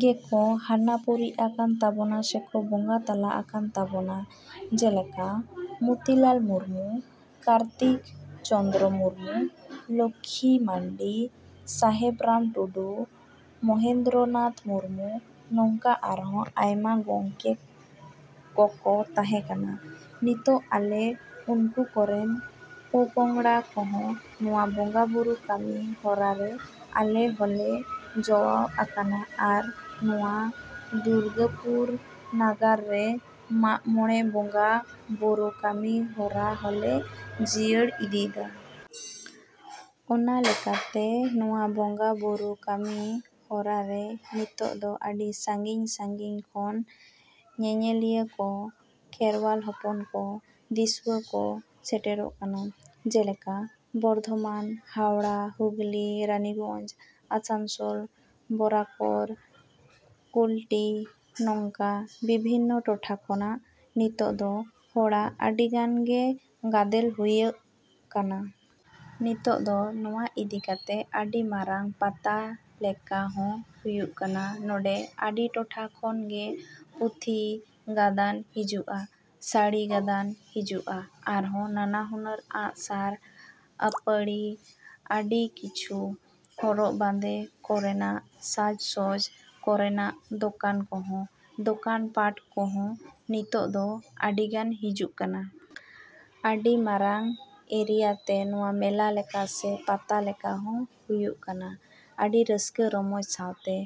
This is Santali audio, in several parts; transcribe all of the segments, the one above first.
ᱜᱮᱠᱚ ᱦᱟᱱᱟ ᱯᱩᱨᱤ ᱟᱠᱟᱱ ᱛᱟᱵᱚᱱᱟ ᱥᱮᱠᱚ ᱵᱚᱸᱜᱟ ᱛᱟᱞᱟ ᱟᱠᱟᱱ ᱛᱟᱵᱚᱱᱟ, ᱡᱮᱞᱮᱠᱟ ᱢᱩᱛᱤᱞᱟᱞ ᱢᱩᱨᱢᱩ, ᱠᱟᱨᱛᱤᱠ ᱪᱚᱱᱫᱨᱚ ᱢᱩᱨᱢᱩ, ᱞᱚᱠᱷᱤ ᱢᱟᱱᱰᱤ, ᱥᱟᱦᱮᱵᱽ ᱨᱟᱢ ᱴᱩᱰᱩ, ᱢᱚᱦᱮᱱᱫᱨᱚ ᱱᱟᱛᱷᱟ ᱢᱩᱨᱢᱩ, ᱱᱚᱝᱠᱟ ᱟᱨᱦᱚᱸ ᱟᱭᱢᱟ ᱜᱚᱢᱠᱮ ᱠᱚᱠᱚ ᱛᱟᱦᱮᱸ ᱠᱟᱱᱟ᱾ ᱱᱤᱛᱳᱜ ᱟᱞᱮ ᱩᱱᱠᱩ ᱠᱚᱨᱮᱱ ᱯᱚᱯᱚᱝᱲᱟ ᱠᱚᱦᱚᱸ ᱱᱚᱣᱟ ᱵᱚᱸᱜᱟ ᱵᱳᱨᱳ ᱠᱟᱹᱢᱤ ᱦᱚᱨᱟ ᱨᱮ ᱟᱞᱮ ᱦᱚᱸᱞᱮ ᱡᱚᱣᱟᱣ ᱟᱠᱟᱱᱟ ᱟᱨ ᱱᱚᱣᱟ ᱫᱩᱨᱜᱟᱹᱯᱩᱨ ᱱᱟᱜᱟᱨ ᱨᱮ ᱢᱟᱜ ᱢᱚᱬᱮ ᱵᱚᱸᱜᱟ ᱵᱳᱨᱳ ᱠᱟᱹᱢᱤ ᱦᱚᱨᱟ ᱦᱚᱞᱮ ᱡᱤᱭᱟᱹᱣ ᱤᱫᱤᱭᱮᱫᱟ᱾ ᱚᱱᱟᱞᱮᱠᱟᱛᱮ ᱱᱚᱣᱟ ᱵᱚᱸᱜᱟ ᱵᱳᱨᱳ ᱠᱟᱹᱢᱤ ᱦᱚᱨᱟ ᱨᱮ ᱱᱤᱛᱳᱜ ᱫᱚ ᱟᱹᱰᱤ ᱥᱟᱺᱜᱤᱧᱼᱥᱟᱺᱜᱤᱧ ᱠᱷᱚᱱ ᱧᱮᱧᱮᱞᱤᱭᱟᱹ ᱠᱚ, ᱠᱷᱮᱨᱣᱟᱞ ᱦᱚᱯᱚᱱ ᱠᱚ, ᱫᱤᱥᱣᱟ ᱠᱚ ᱠᱚ ᱥᱮᱴᱮᱨᱚᱜ ᱠᱟᱱᱟ, ᱡᱮᱞᱮᱠᱟ ᱵᱚᱨᱫᱷᱚᱢᱟᱱ, ᱦᱟᱣᱲᱟ, ᱦᱩᱜᱽᱞᱤ, ᱨᱟᱱᱤᱜᱚᱧ, ᱟᱥᱟᱱᱥᱳᱞ, ᱵᱚᱨᱟᱠᱚᱨ, ᱠᱩᱞᱴᱤ, ᱱᱚᱝᱠᱟ ᱵᱤᱵᱷᱤᱱᱱᱚ ᱴᱚᱴᱷᱟ ᱠᱷᱚᱱᱟᱜ ᱱᱤᱛᱳᱜ ᱫᱚ ᱦᱚᱲᱟᱜ ᱟᱹᱰᱤ ᱜᱟᱱ ᱜᱮ ᱜᱟᱫᱮᱞ ᱦᱩᱭᱩᱜ ᱠᱟᱱᱟ᱾ ᱱᱤᱛᱳᱜ ᱫᱚ ᱱᱚᱣᱟ ᱤᱫᱤ ᱠᱟᱛᱮᱫ ᱟᱹᱰᱤ ᱢᱟᱨᱟᱝ ᱯᱟᱛᱟ ᱞᱮᱠᱟ ᱦᱚᱸ ᱦᱩᱭᱩᱜ ᱠᱟᱱᱟ᱾ ᱱᱚᱰᱮ ᱟᱹᱰᱤ ᱴᱚᱴᱷᱟ ᱠᱷᱚᱱ ᱜᱮ ᱯᱩᱛᱷᱤ ᱜᱟᱫᱟᱱ ᱦᱤᱡᱩᱜᱼᱟ, ᱥᱟᱹᱲᱤ ᱜᱟᱫᱟᱱ ᱦᱤᱡᱩᱜᱼᱟ ᱟᱨᱦᱚᱸ ᱱᱟᱱᱟ ᱦᱩᱱᱟᱹᱨ ᱟᱜᱼᱥᱟᱨ ᱟᱹᱯᱟᱹᱲᱤ, ᱟᱹᱰᱤ ᱠᱤᱪᱷᱩ ᱦᱚᱨᱚᱜ ᱵᱟᱸᱫᱮ ᱠᱚᱨᱮᱱᱟᱜ, ᱥᱟᱡᱽ ᱥᱚᱡᱟ ᱠᱚᱨᱮᱱᱟᱜ ᱫᱚᱠᱟᱱ ᱠᱚᱦᱚᱸ, ᱫᱚᱠᱟᱱ ᱯᱟᱴ ᱠᱚᱦᱚᱸ ᱱᱤᱛᱳᱜ ᱫᱚ ᱟᱹᱰᱤ ᱜᱟᱱ ᱦᱤᱡᱩᱜ ᱠᱟᱱᱟ᱾ ᱟᱹᱰᱤ ᱢᱟᱨᱟᱝ ᱮᱨᱤᱭᱟ ᱛᱮ ᱱᱚᱣᱟ ᱢᱮᱞᱟ ᱞᱮᱠᱟ ᱥᱮ ᱯᱟᱛᱟ ᱞᱮᱠᱟ ᱦᱚᱸ ᱦᱩᱭᱩᱜ ᱠᱟᱱᱟ᱾ ᱟᱹᱰᱤ ᱨᱟᱹᱥᱠᱟᱹ ᱨᱚᱢᱚᱡᱽ ᱥᱟᱶᱛᱮ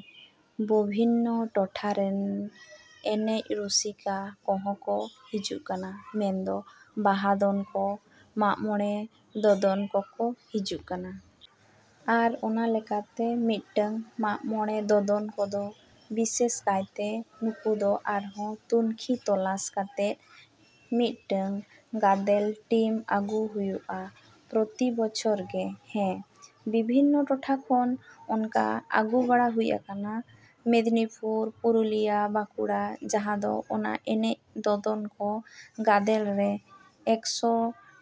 ᱵᱚᱵᱷᱤᱱᱱᱚ ᱴᱚᱴᱷᱟ ᱨᱮᱱ ᱮᱱᱮᱡ ᱨᱩᱥᱤ ᱠᱟ ᱠᱚᱦᱚᱸ ᱠᱚ ᱦᱤᱡᱩᱜ ᱠᱟᱱᱟ, ᱢᱮᱱ ᱫᱚ ᱵᱟᱦᱟ ᱫᱚᱱ ᱠᱚ, ᱢᱟᱜ ᱢᱚᱬᱮ ᱫᱚᱫᱚᱱ ᱠᱚᱠᱚ ᱦᱤᱡᱩᱜ ᱠᱟᱱᱟ᱾ ᱟᱨ ᱚᱱᱟ ᱞᱮᱠᱟᱛᱮ ᱢᱤᱫᱴᱟᱝ ᱢᱟᱜ ᱢᱚᱬᱮ ᱫᱚᱫᱚᱱ ᱠᱚᱫᱚ ᱵᱤᱥᱮᱥ ᱠᱟᱭᱛᱮ ᱱᱩᱠᱩ ᱫᱚ ᱟᱨᱦᱚᱸ ᱛᱩᱱᱠᱷᱤ ᱛᱚᱞᱟᱥ ᱠᱟᱛᱮᱫ ᱢᱤᱫᱴᱟᱝ ᱜᱟᱫᱮᱞ ᱴᱤᱢ ᱟᱹᱜᱩ ᱦᱩᱭᱩᱜᱼᱟ ᱯᱨᱚᱛᱤ ᱵᱚᱪᱷᱚᱨ ᱜᱮ᱾ ᱦᱮᱸ, ᱵᱤᱵᱷᱤᱱᱱᱚ ᱴᱚᱴᱷᱟ ᱠᱷᱚᱱ ᱚᱱᱠᱟ ᱟᱹᱜᱩ ᱵᱟᱲᱟ ᱦᱩᱭ ᱟᱠᱟᱱᱟ, ᱢᱮᱫᱽᱱᱤᱯᱩᱨ, ᱯᱩᱨᱩᱞᱤᱭᱟᱹ, ᱵᱟᱸᱠᱩᱲᱟ ᱡᱟᱦᱟᱸ ᱫᱚ ᱚᱱᱟ ᱮᱱᱮᱡ ᱫᱚᱫᱚᱱ ᱠᱚ ᱜᱟᱫᱮᱞ ᱨᱮ ᱮᱠᱥᱚ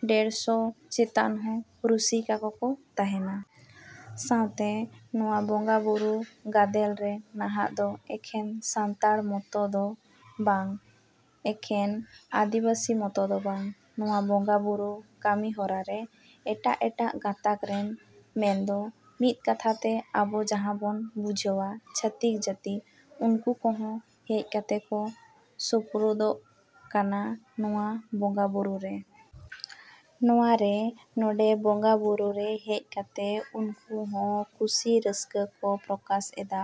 ᱰᱮᱲᱥᱚ ᱪᱮᱛᱟᱱ ᱦᱚᱸ ᱨᱩᱥᱤᱥᱟ ᱠᱚᱠᱚ ᱛᱟᱦᱮᱱᱟ᱾ ᱥᱟᱶᱛᱮ ᱱᱚᱣᱟ ᱵᱚᱸᱜᱟ ᱵᱳᱨᱳ ᱜᱟᱫᱮᱞ ᱨᱮ ᱱᱟᱦᱟᱜ ᱫᱚ ᱮᱠᱷᱮᱱ ᱥᱟᱱᱛᱟᱲ ᱢᱚᱛᱚ ᱫᱚ ᱵᱟᱝ, ᱮᱠᱮᱱ ᱟᱹᱫᱤᱵᱟᱹᱥᱤ ᱢᱚᱛᱚ ᱫᱚ ᱵᱟᱝ, ᱱᱚᱣᱟ ᱵᱚᱸᱜᱟ ᱵᱳᱨᱳ ᱠᱟᱹᱢᱤ ᱦᱚᱨᱟ ᱨᱮ ᱮᱴᱟᱜᱼᱮᱴᱟᱜ ᱜᱟᱛᱟᱠ ᱨᱮᱱ ᱢᱮᱱ ᱫᱚ ᱢᱤᱫ ᱠᱟᱛᱷᱟ ᱛᱮ ᱟᱵᱚ ᱡᱟᱦᱟᱸ ᱵᱚᱱ ᱵᱩᱡᱷᱟᱹᱣᱟ ᱪᱷᱟᱹᱛᱤᱠ ᱡᱟᱹᱛᱤ ᱩᱱᱠᱩ ᱠᱚᱦᱚᱸ ᱦᱮᱡ ᱠᱟᱛᱮᱫ ᱠᱚ ᱥᱩᱯᱨᱩᱫᱚᱜ ᱠᱟᱱᱟ ᱱᱚᱣᱟ ᱵᱚᱸᱜᱟ ᱵᱳᱨᱳ ᱨᱮ᱾ ᱱᱚᱣᱟ ᱨᱮ ᱱᱚᱰᱮ ᱵᱚᱸᱜᱟ ᱵᱳᱨᱳ ᱨᱮ ᱦᱮᱡ ᱠᱟᱛᱮᱫ ᱩᱱᱠᱩ ᱦᱚᱸ ᱠᱩᱥᱤ ᱨᱟᱹᱥᱠᱟᱹ ᱠᱚ ᱯᱚᱨᱠᱟᱥ ᱮᱫᱟ,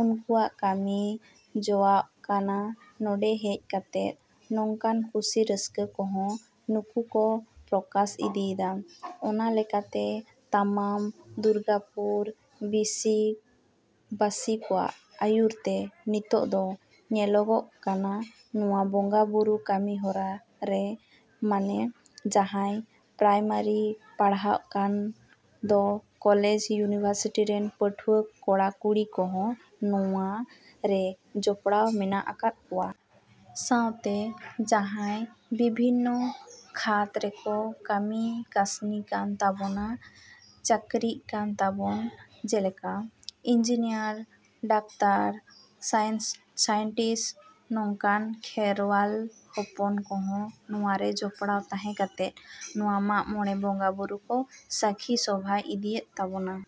ᱩᱱᱠᱣᱟᱜ ᱠᱟᱹᱢᱤ ᱡᱚᱣᱟᱜ ᱠᱟᱱᱟ ᱱᱚᱰᱮ ᱦᱮᱡ ᱠᱟᱛᱮᱫ ᱱᱚᱝᱠᱟᱱ ᱠᱩᱥᱤ ᱨᱟᱹᱥᱠᱟᱹ ᱠᱚᱦᱚᱸ ᱱᱩᱠᱩ ᱠᱚ ᱯᱨᱚᱠᱟᱥ ᱤᱫᱤᱭᱮᱫᱟ᱾ ᱚᱱᱟ ᱞᱮᱠᱟ ᱛᱮ ᱛᱟᱢᱟᱢ ᱫᱩᱨᱜᱟᱹᱯᱩᱨ ᱵᱟᱹᱥᱤ ᱠᱚᱣᱟᱜ ᱟᱹᱭᱩᱨ ᱛᱮ ᱱᱤᱛᱳᱜ ᱫᱚ ᱧᱮᱞᱚᱜᱚᱜ ᱠᱟᱱᱟ ᱱᱚᱣᱟ ᱵᱚᱸᱜᱟ ᱵᱳᱨᱳ ᱠᱟᱹᱢᱤ ᱦᱚᱨᱟ ᱨᱮ ᱢᱟᱱᱮ ᱡᱟᱦᱟᱸᱭ ᱯᱨᱟᱭᱢᱟᱨᱤ ᱯᱟᱲᱦᱟᱜ ᱠᱟᱱ ᱫᱚ ᱠᱚᱞᱮᱡᱽ ᱭᱩᱱᱤᱵᱷᱟᱨᱥᱤᱴᱤ ᱨᱮᱱ ᱯᱟᱹᱴᱷᱩᱣᱟᱹ ᱠᱚᱲᱟ ᱠᱩᱲᱤ ᱠᱚᱦᱚᱸ ᱱᱚᱣᱟ ᱨᱮ ᱡᱚᱯᱲᱟᱣ ᱢᱮᱱᱟᱜ ᱟᱠᱟᱫ ᱠᱚᱣᱟ᱾ ᱥᱟᱶᱛᱮ ᱡᱟᱦᱟᱭ ᱵᱤᱵᱷᱤᱱᱱᱚ ᱠᱷᱟᱹᱛ ᱨᱮᱠᱚ ᱠᱟᱹᱢᱤ ᱠᱟᱹᱥᱱᱤ ᱠᱟᱱ ᱛᱟᱵᱚᱱ, ᱪᱟᱹᱠᱨᱤ ᱠᱟᱱ ᱛᱟᱵᱚᱱ, ᱡᱮᱞᱮᱠᱟ ᱤᱱᱡᱤᱱᱤᱭᱟᱨ, ᱰᱟᱠᱛᱟᱨ, ᱥᱟᱭᱮᱱᱴᱤᱥ ᱱᱚᱝᱠᱟᱱ ᱠᱷᱮᱨᱣᱟᱞ ᱦᱚᱯᱚᱱ ᱠᱚᱦᱚᱸ ᱱᱚᱣᱟ ᱨᱮ ᱡᱚᱯᱲᱟᱣ ᱛᱟᱦᱮᱸ ᱠᱟᱛᱮᱫ ᱱᱚᱣᱟ ᱢᱟᱜ ᱢᱚᱬᱮ ᱵᱚᱸᱜᱟ ᱵᱳᱨᱳ ᱠᱚ ᱥᱟᱹᱠᱷᱤ ᱥᱚᱵᱷᱟ ᱤᱫᱤᱭᱮᱫ ᱛᱟᱵᱚᱱᱟ᱾